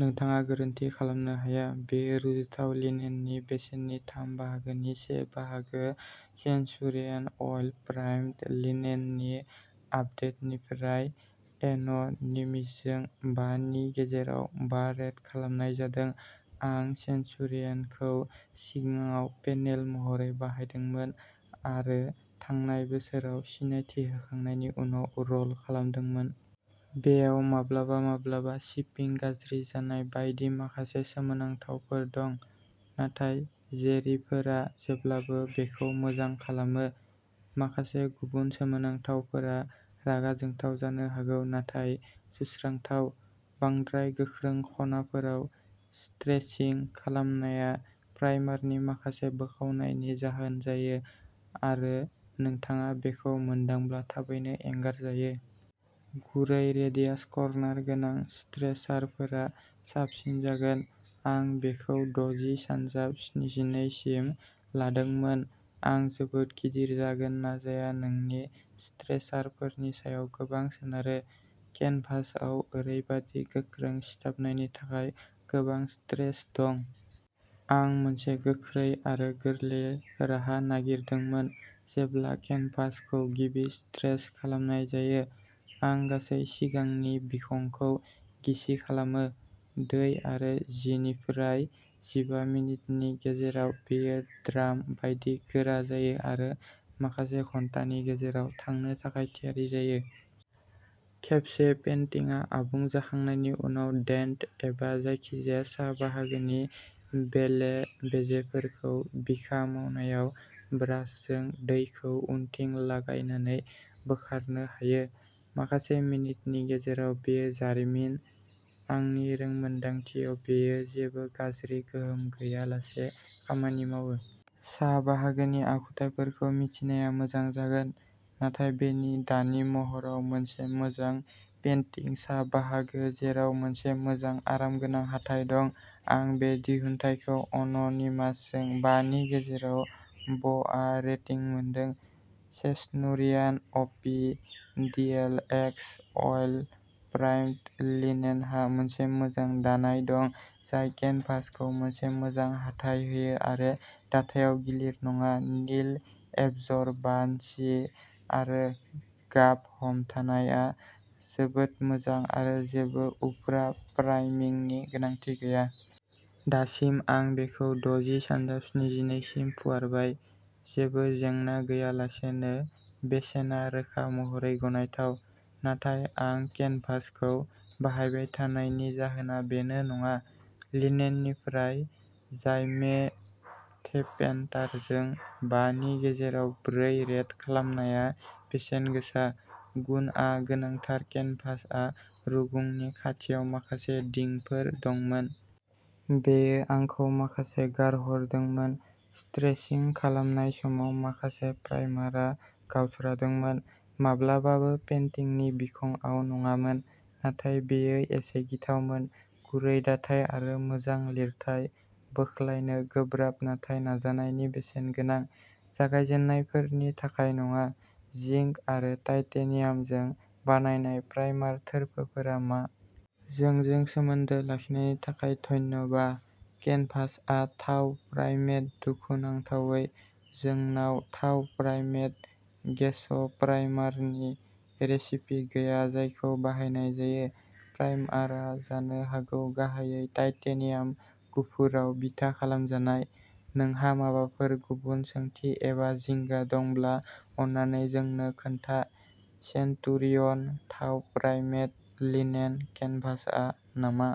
नोंथाङा गोरोन्थि खालामनो हाया। बेयो रुजुथाव लिनेननि बेसेननि थाम बाहागो नि से बाहागो सेनचुरियन अइल प्राइम्ड लिनेननि आप डेटनिफ्राय एन'निमिसजों बा नि गेजेराव बा रेट खालामनाय जादों आं सेनचुरियनखौ सिगाङाव पेनेल महरै बाहायदोंमोन आरो थांनाय बोसोराव सिनायथि होखांनायनि उनाव र'ल खालामदोंमोन। बेयाव माब्लाबा-माब्लाबा शिपिं गाज्रि जानाय बायदि माखासे सोमोनांथावफोर दं, नाथाय जेरिफोरा जेब्लाबो बेखौ मोजां खालामो। माखासे गुबुन सोमोनांथावफोरा रागा जोंथाव जानो हागौ नाथाय सुस्रांथाव। बांद्राय गोख्रों खनाफोराव स्ट्रेचिं खालामनाया प्राइमारनि माखासे बोखावनायनि जाहोन जायो आरो नोंथाङा बेखौ मोनदांब्ला थाबैनो एंगारजायो। गुरै रेडियास कर्नार गोनां स्ट्रेचारफोरा साबसिन जागोन। आं बेखौ दजि सानजाब स्निजिनै सिम लादोंमोन आं जोबोद गिदिर जागोन ना जाया नोंनि स्ट्रेचारफोरनि सायाव गोबां सोनारो। केनभासआव ओरैबादि गोख्रों सिथाबनायनि थाखाय गोबां स्ट्रेच दं। आं मोनसे गोख्रै आरो गोरलै राहा नागिरदोंमोन जेब्ला केनभासखौ गिबि स्ट्रेच खालामनाय जायो, आं गासै सिगांनि बिखंखौ गिसि खालामो। दै आरो जि निफ्राय जिबा मिनिटनि गेजेराव बेयो ड्राम बायदि गोरा जायो आरो माखासे घन्टानि गेजेराव थांनो थाखाय थियारि जायो। खेबसे पेन्टिंआ आबुं जाखांनायनि उनाव डेन्ट एबा जायखिजाया सा बाहागोनि बेले बेजेफोरखौ बिखा मावनायाव ब्रासजों दैखौ उनथिं लागायनानै बोखारनो हायो। माखासे मिनिटनि गेजेराव बेयो जारिमिन। आंनि रोंमोन्दांथियाव बेयो जेबो गाज्रि गोहोम गैयालासे खामानि मावो। सा बाहागोनि आखुथायफोरखौ मिथिनाया मोजां जागोन, नाथाय बेनि दानि महराव मोनसे मोजां पेन्टिं सा बाहागो जेराव मोनसे मोजां आरामगोनां हाथाइ दं। आं बे दिहुनथायखौ अन'निमासजों बा नि गेजेराव बआ रेटिं मोनदों। सेस्नुरियान अपि डिएलएक्स अइल प्राइम्ड लिनेनहा मोनसे मोजां दानाय दं जाय केनभासखौ मोनसे मोजां हाथाइ होयो आरो दाथायाव गिलिर नङा निल एबजर्बान्सि आरो गाब हमथानायआ जोबोद मोजां आरो जेबो उफ्रा प्राइमिंनि गोनांथि गैया। दासिम आं बेखौ दजि सानजाब स्निजिनै सिम फुवारबाय। जेबो जेंना गैयालासेनो बेसेना रोखा महरै गनायथाव, नाथाय आं केनभासखौ बाहायबाय थानायनि जाहोना बेनो नङा, लिनेननिफ्राय जाइमेथेपेन्टारजों बा नि गेजेराव ब्रै रेट खालामनायआ बेसेन गोसा, गुनआ गोनांथार केनभासआ रुगुंनि खाथियाव माखासे दिंफोर दंमोन। बेयो आंखौ माखासे गारहरदोंमोन। स्ट्रेचिं खालामनाय समाव, माखासे प्राइमारआ गावस्रादोंमोन, माब्लाबाबो पेन्टिंनि बिखंआव नङामोन, नाथाय बेयो एसे गिथावमोन। गुरै दाथाय आरो मोजां लिरथाय, बोख्लायनो गोब्राब नाथाय नाजानायनि बेसेन गोनां। जागायजेन्नायफोरनि थाखाय नङा। जिंक आरो टाइटेनियामजों बानायनाय प्राइमार थोरफोफोरा मा? जोंजों सोमोन्दो लाखिनायनि थाखाय धन्यबा। केनभासआ थाव प्राइमेड, दुखुनांथावै, जोंनाव थाव प्राइमेड गेस'प्राइमारनि रेसिपि गैया जायखौ बाहायनाय जायो। प्राइमारआ जानो हागौ गाहायै टाइटेनियाम गुफुराव बिथा खालामजानाय। नोंहा माबाफोर गुबुन सोंथि एबा जिंगा दंब्ला अन्नानै जोंनो खोन्था। सेन्टुरियन थाव प्राइमेड लिनेन केनभासआ नामा?